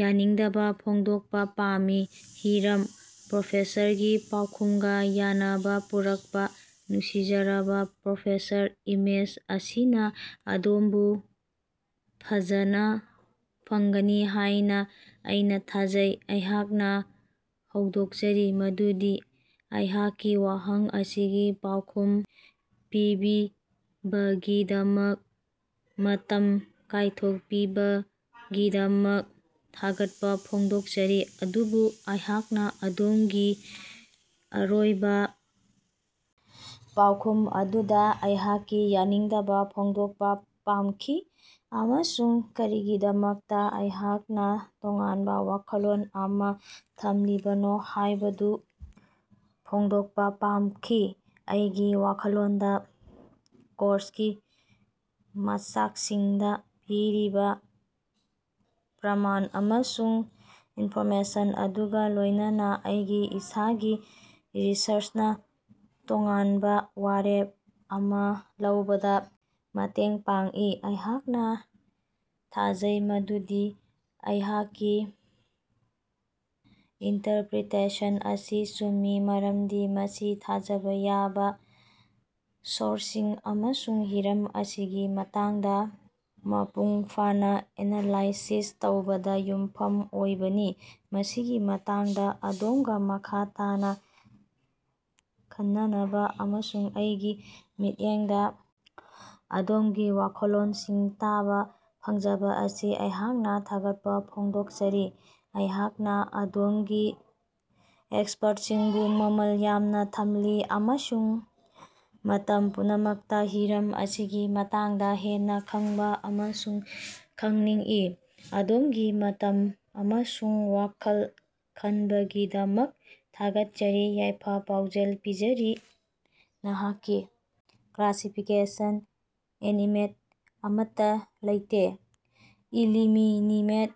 ꯌꯥꯅꯤꯡꯗꯕꯥ ꯐꯣꯡꯗꯣꯛꯄ ꯄꯥꯝꯃꯤ꯫ ꯍꯤꯔꯝ: ꯄ꯭ꯔꯣꯐꯦꯁꯔꯒꯤ ꯄꯥꯎꯈꯨꯝꯒ ꯌꯥꯅꯕ ꯄꯨꯔꯛꯄꯥ ꯅꯨꯡꯁꯤꯖꯔꯕꯥ ꯄ꯭ꯔꯣꯐꯦꯁꯔ, ꯏꯃꯦꯁ ꯑꯁꯤꯅ ꯑꯗꯣꯝꯕꯨ ꯐꯖꯅꯥ ꯐꯪꯒꯅꯤ ꯍꯥꯏꯅ ꯑꯩꯅꯥꯊꯥꯖꯩ꯫ ꯑꯩꯍꯥꯛꯅ ꯍꯧꯗꯣꯛꯆꯔꯤ ꯃꯗꯨꯗꯤ ꯑꯩꯍꯥꯛꯀꯤ ꯋꯥꯍꯪ ꯑꯁꯤꯒꯤ ꯄꯥꯎꯈꯨꯝ ꯄꯤꯕꯤꯕꯒꯤꯗꯃꯛ ꯃꯇꯝ ꯀꯥꯏꯊꯣꯛꯄꯤꯕꯒꯤꯗꯃꯛ ꯊꯥꯒꯠꯄꯥ ꯐꯣꯡꯗꯣꯛꯆꯔꯤ꯫ ꯑꯗꯨꯕꯨ ꯑꯩꯍꯥꯛꯅ ꯑꯗꯣꯝꯒꯤ ꯑꯔꯣꯏꯕꯥ ꯄꯥꯎꯈꯨꯝ ꯑꯗꯨꯗꯥ ꯑꯩꯍꯥꯛꯀꯤ ꯌꯥꯅꯤꯡꯗꯕꯥ ꯐꯣꯡꯗꯣꯛꯄꯥ ꯄꯥꯝꯈꯤ ꯑꯃꯁꯨꯡ ꯀꯔꯤꯒꯤꯗꯃꯛꯇꯥ ꯑꯩꯍꯥꯛꯅ ꯇꯣꯉꯥꯟꯕ ꯋꯥꯈꯜꯂꯣꯟ ꯑꯃ ꯊꯝꯂꯤꯕꯅꯣ ꯍꯥꯏꯕꯗꯨ ꯐꯣꯡꯗꯣꯛꯄ ꯄꯥꯝꯈꯤ꯫ ꯑꯩꯒꯤ ꯋꯥꯈꯜꯂꯣꯟꯗ ꯀꯣꯔꯁꯀꯤ ꯃꯆꯥꯛꯁꯤꯡꯗ ꯄꯤꯔꯤꯕ ꯄ꯭ꯔꯃꯥꯟ ꯑꯃꯁꯨꯡ ꯏꯟꯐꯣꯔꯃꯦꯁꯟ ꯑꯗꯨꯒ ꯂꯣꯏꯅꯅꯥ ꯑꯩꯒꯤ ꯏꯁꯥꯒꯤ ꯔꯤꯁꯔꯆꯅꯥ ꯇꯣꯉꯥꯟꯕ ꯋꯥꯔꯦꯞ ꯑꯃ ꯂꯧꯕꯗ ꯃꯇꯦꯡ ꯄꯥꯡꯏ꯫ ꯑꯩꯍꯥꯛꯅ ꯊꯥꯖꯩ ꯃꯗꯨꯗꯤ ꯑꯩꯍꯥꯛꯀꯤ ꯏꯟꯇꯔꯄꯔꯤꯇꯦꯁꯟ ꯑꯁꯤ ꯆꯨꯝꯃꯤ ꯃꯔꯝꯗꯤ ꯃꯁꯤ ꯊꯥꯖꯕ ꯌꯥꯕ ꯁꯣꯔꯁꯁꯤꯡ ꯑꯃꯁꯨꯡ ꯍꯤꯔꯝ ꯑꯁꯤꯒꯤ ꯃꯇꯥꯡꯗ ꯃꯄꯨꯡ ꯐꯥꯅꯥ ꯑꯦꯅꯥꯂꯥꯏꯁꯤꯁ ꯇꯧꯕꯗ ꯌꯨꯝꯐꯝ ꯑꯣꯏꯕꯅꯤ꯫ ꯃꯁꯤꯒꯤ ꯃꯇꯥꯡꯗ ꯑꯗꯣꯝꯒꯥ ꯃꯈꯥ ꯇꯥꯅ ꯈꯟꯅꯅꯕꯥ ꯑꯃꯁꯨꯡ ꯑꯩꯒꯤ ꯃꯤꯠꯌꯦꯡꯗꯥ ꯑꯗꯣꯝꯒꯤ ꯋꯥꯈꯜꯂꯣꯟꯁꯤꯡ ꯇꯥꯕ ꯐꯪꯖꯕꯥ ꯑꯁꯤ ꯑꯩꯍꯥꯛꯅ ꯊꯥꯒꯠꯄ ꯐꯣꯡꯗꯣꯛꯆꯔꯤ꯫ ꯑꯩꯍꯥꯛꯅ ꯑꯗꯣꯝꯒꯤ ꯑꯦꯛꯁꯄꯔꯇꯁꯤꯡꯕꯨ ꯃꯝꯜ ꯌꯥꯝꯅ ꯊꯝꯂꯤ ꯑꯃꯁꯨꯡ ꯃꯇꯝ ꯄꯨꯝꯅꯃꯛꯇꯥ ꯍꯤꯔꯝ ꯑꯁꯤꯒꯤ ꯃꯇꯥꯡꯗ ꯍꯦꯟꯅꯥ ꯈꯪꯕ ꯑꯃꯁꯨꯡ ꯈꯪꯅꯤꯡꯏ꯫ ꯑꯗꯣꯝꯒꯤ ꯃꯇꯝ ꯑꯃꯁꯨꯡ ꯋꯥꯈꯜ ꯈꯟꯕꯒꯤꯗꯃꯛ ꯊꯥꯒꯠꯆꯔꯤ꯫ ꯌꯥꯏꯐ-ꯄꯥꯎꯖꯦꯜ ꯄꯤꯖꯔꯤ, ꯅꯍꯥꯛꯀꯤ ꯀ꯭ꯂꯥꯁꯤꯐꯤꯀꯦꯁꯟ: ꯑꯦꯅꯤꯃꯦꯠ: ꯑꯃꯠꯇꯥ ꯂꯩꯇꯦ ꯏꯂꯤꯃꯤꯅꯤꯃꯦꯠ: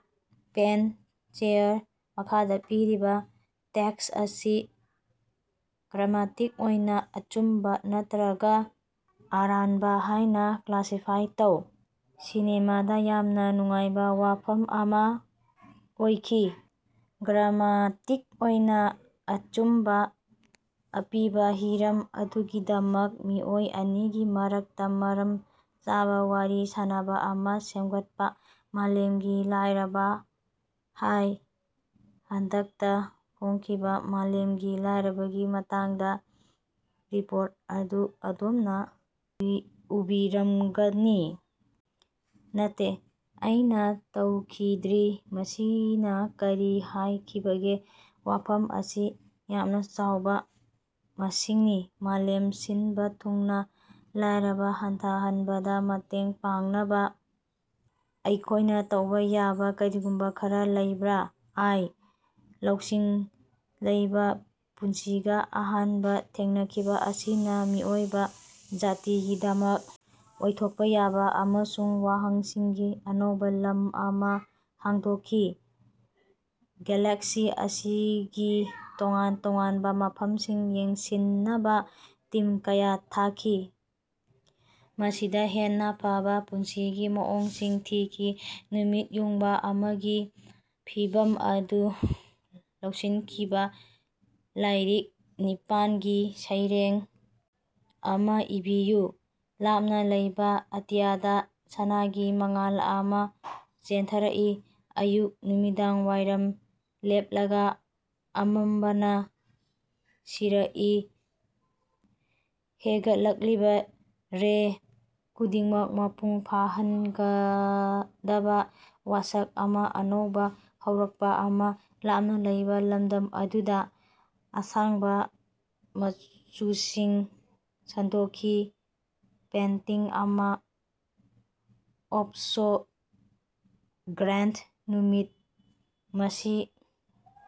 ꯄꯦꯟ, ꯆꯦꯌꯥꯔ꯫ ꯃꯈꯥꯗ ꯄꯤꯔꯤꯕ ꯇꯦꯛꯁ ꯑꯁꯤ ꯒ꯭ꯔꯥꯃꯦꯇꯤꯛ ꯑꯣꯏꯅ ꯑꯆꯨꯝꯕ ꯅꯠꯇꯔꯒ ꯑꯔꯥꯟꯕ ꯍꯥꯏꯅ ꯀ꯭ꯂꯥꯁꯤꯐꯥꯏ ꯇꯧ꯫ ꯁꯤꯅꯦꯃꯥꯗ ꯌꯥꯝꯅ ꯅꯨꯡꯉꯥꯏꯕ ꯋꯥꯐꯝ ꯑꯃ ꯑꯣꯏꯈꯤ꯫ ꯒ꯭ꯔꯥꯃꯦꯇꯤꯛ ꯑꯣꯏꯅ ꯑꯆꯨꯝꯕ) ꯑꯄꯤꯕ ꯍꯤꯔꯝ ꯑꯗꯨꯒꯤꯗꯃꯛ ꯃꯤꯑꯣꯏ ꯑꯅꯤꯒꯤ ꯃꯔꯛꯇ ꯃꯔꯝ ꯆꯥꯕ ꯋꯥꯔꯤ ꯁꯥꯅꯕ ꯑꯃ ꯁꯦꯝꯒꯠꯄ꯫ ꯃꯥꯂꯦꯝꯒꯤ ꯂꯥꯏꯔꯕ꯫ ꯍꯥꯏ, ꯍꯟꯗꯛꯇ ꯐꯣꯡꯈꯤꯕ ꯃꯥꯂꯦꯝꯒꯤ ꯂꯥꯏꯔꯕꯒꯤ ꯃꯇꯥꯡꯗ ꯔꯤꯄꯣꯔꯠ ꯑꯗꯨ ꯑꯗꯣꯝꯅ ꯎꯕꯤꯔꯝꯒꯅꯤ? ꯅꯠꯇꯦ, ꯑꯩꯅ ꯇꯧꯈꯤꯗ꯭ꯔꯤ꯫ ꯃꯁꯤꯅ ꯀꯔꯤ ꯍꯥꯏꯈꯤꯕꯒꯦ? ꯋꯥꯐꯝ ꯑꯁꯤ ꯌꯥꯝꯅ ꯆꯥꯎꯕ ꯃꯁꯤꯡꯅꯤ꯫ ꯃꯥꯂꯦꯝ ꯁꯤꯟꯕꯥ ꯊꯨꯡꯅꯥ ꯂꯥꯏꯔꯕ ꯍꯟꯊꯍꯟꯕꯗ ꯃꯇꯦꯡ ꯄꯥꯡꯅꯕ ꯑꯩꯈꯣꯌꯅ ꯇꯧꯕ ꯌꯥꯕ ꯀꯔꯤꯒꯨꯝꯕ ꯈꯔꯥ ꯂꯩꯕꯔꯥ? ꯑꯥꯏ. ꯂꯧꯁꯤꯡ ꯂꯩꯕ ꯄꯨꯟꯁꯤꯒ ꯑꯍꯥꯟꯕ ꯊꯦꯡꯅꯈꯤꯕ ꯑꯁꯤꯅ ꯃꯤꯑꯣꯏꯕ ꯖꯥꯇꯤꯒꯤꯗꯃꯛ ꯑꯣꯏꯊꯣꯛꯄ ꯌꯥꯕ ꯑꯃꯁꯨꯡ ꯋꯥꯍꯪꯁꯤꯡꯒꯤ ꯑꯅꯧꯕ ꯂꯝ ꯑꯃ ꯍꯥꯡꯗꯣꯛꯈꯤ꯫ ꯒꯦꯂꯦꯛꯁꯤ ꯑꯁꯤꯒꯤ ꯇꯣꯉꯥꯟ ꯇꯣꯉꯥꯟꯕ ꯃꯐꯝꯁꯤꯡ ꯌꯦꯡꯁꯤꯟꯅꯕ ꯇꯤꯝ ꯀꯌꯥ ꯊꯥꯈꯤ, ꯃꯁꯤꯗ ꯍꯦꯟꯅ ꯐꯕꯥ ꯄꯨꯟꯁꯤꯒꯤ ꯃꯑꯣꯡꯁꯤꯡ ꯊꯤꯈꯤ꯫ ꯅꯨꯃꯤꯠ ꯌꯨꯡꯕꯥ ꯑꯃꯒꯤ ꯐꯤꯚꯝ ꯑꯗꯨ ꯂꯧꯁꯤꯟꯈꯤꯕ ꯂꯥꯏꯔꯤꯛ ꯅꯤꯄꯥꯜ ꯒꯤ ꯁꯩꯔꯦꯡ ꯑꯃ ꯏꯕꯤꯌꯨ꯫ ꯂꯥꯞꯅ ꯂꯩꯕ ꯑꯇꯤꯌꯥꯗ ꯁꯅꯥꯒꯤ ꯃꯉꯥꯜ ꯑꯃ ꯆꯦꯟꯊꯔꯛꯏ, ꯑꯌꯨꯛ ꯅꯨꯃꯤꯗꯥꯡꯋꯥꯏꯔꯝ ꯂꯦꯞꯂꯒ ꯑꯃꯝꯕꯅꯥ ꯁꯤꯔꯛꯏ꯫ ꯍꯦꯒꯠꯂꯛꯂꯤꯕ ꯔꯦ ꯈꯨꯗꯤꯡꯃꯛ, ꯃꯄꯨꯡ ꯐꯥꯍꯟꯒꯗꯕ ꯋꯥꯁꯛ ꯑꯃ, ꯑꯅꯧꯕ ꯍꯧꯔꯛꯄꯥ ꯑꯃ, ꯂꯥꯞꯅ ꯂꯩꯕ ꯂꯃꯗꯝ ꯑꯗꯨꯗ꯫ ꯑꯁꯥꯡꯕ ꯃꯆꯨꯁꯤꯡ ꯁꯟꯗꯣꯛꯈꯤ, ꯄꯦꯟꯇꯤꯡ ꯑꯃ ꯑꯣꯐ ꯁꯣ ꯒ꯭ꯔꯦꯟꯗ, ꯅꯨꯃꯤꯠ, ꯃꯁꯤ꯫